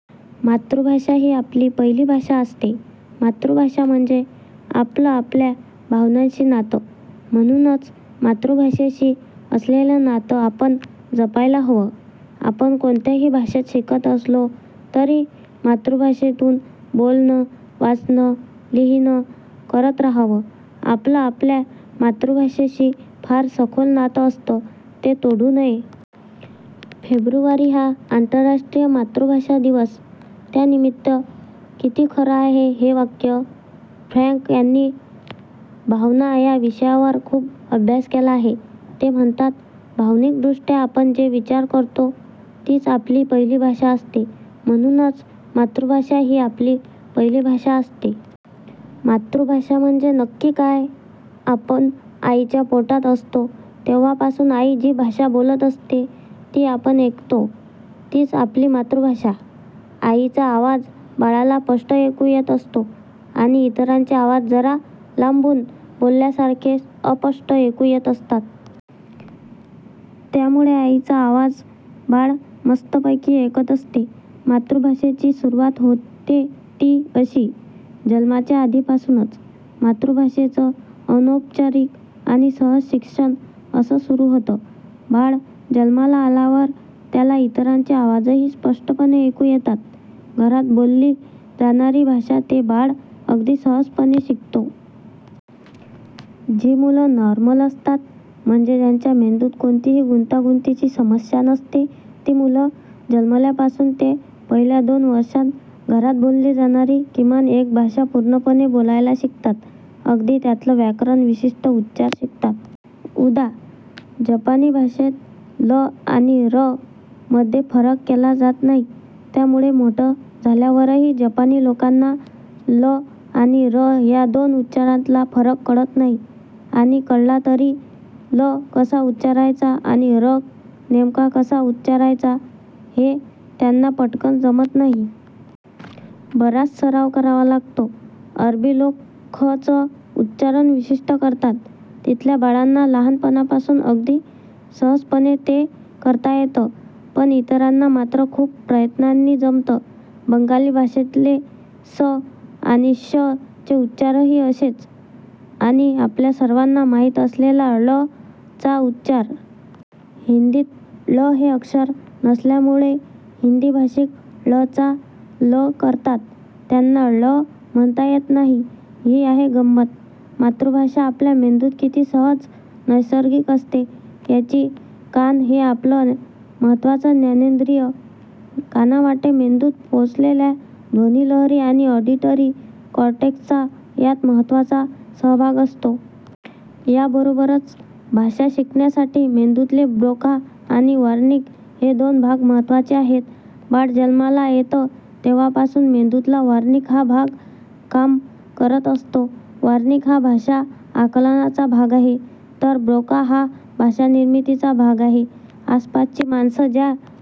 मातृभाषा ही आपली पहिली भाषा असते. मातृभाषा म्हणजेच आपलं आपल्या भावनांशी नातं; म्हणूनच मातृभाषेशी असलेलं नातं आपण जपायला हवं. आपण कोणत्याही भाषेत शिकत असलो, तरी मातृभाषेतून बोलणं, वाचणं, लिहिणं करत राहावं. आपलं आपल्या मातृभाषेशी फार सखोल नातं असतं; ते तोडू नये. फेब्रुवारी हा आंतरराष्ट्रीय मातृभाषा दिवस, त्यानिमित्त- किती खरं आहे हे वाक्य. फ्रॅंक यांनी 'भावना' या विषयावर खूप अभ्यास केला आहे. ते म्हणतात, भावनिकदृष्ट्या आपण जे विचार करतो, तीच आपली पहिली भाषा असते. म्हणूनच मातृभाषा ही आपली पहिली भाषा असते. मातृभाषा म्हणजे नक्की काय? आपण आईच्या पोटात असतो तेव्हापासून आई जी भाषा बोलत असते, ती आपण ऐकतो. तीच आपली मातृभाषा. आईचा आवाज बाळाला स्पष्ट ऐकू येत असतो आणि इतरांचे आवाज जरा लांबून बोलल्यासारखे, अस्पष्ट ऐकू येत असतात. त्यामुळे आईचा आवाज बाळ मस्तपैकी ऐकत असते. मातृभाषेची सुरुवात होते ती अशी, जन्माच्या आधीपासूनच! मातृभाषेचं अनौपचारिक आणि सहज शिक्षण असं सुरू होतं. बाळ जन्माला आल्यावर त्याला इतरांचे आवाजही स्पष्टपणे ऐकू येतात. घरात बोलली जाणारी भाषा ते बाळ अगदी सहजपणे शिकतं. जी मुलं नॉर्मल असतात, म्हणजे ज्यांच्या मेंदूत कोणतीही गुंतागुंतीची समस्या नसते, ती मुलं जन्मल्यापासून ते पहिल्या दोन वर्षांत, घरात बोलली जाणारी किमान एक भाषा पूर्णपणे बोलायला शिकतात. अगदी त्यातलं व्याकरण, विशिष्ट उच्चार शिकतात. उदा. जपानी भाषेत 'ल' आणि 'र' मध्ये फरक केला जात नाही. त्यामुळे मोठं झाल्यावरही जपानी लोकांना 'ल' आणि 'र' या दोन उच्चारांतला फरक कळत नाही. आणि कळला तरी 'ल' कसा उच्चारायचा आणि 'र' नेमका कसा उच्चारायचा, हे त्यांना पटकन जमत नाही. बराच सराव करावा लागतो. अरबी लोक 'ख'चं उच्चारण विशिष्ट करतात. तिथल्या बाळांना लहानपणापासून अगदी सहजपणे ते करता येतं. पण इतरांना मात्र खूप प्रयत्नांनी जमतं. बंगाली भाषेतले 'स' आणि 'श'चे उच्चारही असेच. आणि आपल्या सर्वांना माहीत असलेला 'ळ'चा उच्चार. हिंदीत 'ळ' हे अक्षर नसल्यामुळे हिंदी भाषिक 'ळ' चा 'ल' करतात. त्यांना 'ळ' म्हणता येत नाही. ही आहे गंमत, मातृभाषा आपल्या मेंदूत किती सहज, नैसर्गिक असते, याची! कान हे आपलं महत्त्वाचं ज्ञानेंद्रिय. कानांवाटे मेंदूत पोचलेल्या ध्वनिलहरी आणि ऑडिटरी कॉर्टेक्सचा यात महत्त्वाचा सहभाग असतो. याबरोबरच भाषा शिकण्यासाठी मेंदूतले 'ब्रोका' आणि 'वर्निक' हे दोन भाग महत्त्वाचे आहेत. बाळ जन्माला येतं तेव्हापासून मेंदूतला 'वर्निक' हा भाग काम करत असतो. 'वर्निक' हा भाषा-आकलनाचा भाग आहे; तर 'ब्रोका' हा भाषा- निर्मितीचा भाग आहे. आसपासची माणसं ज्या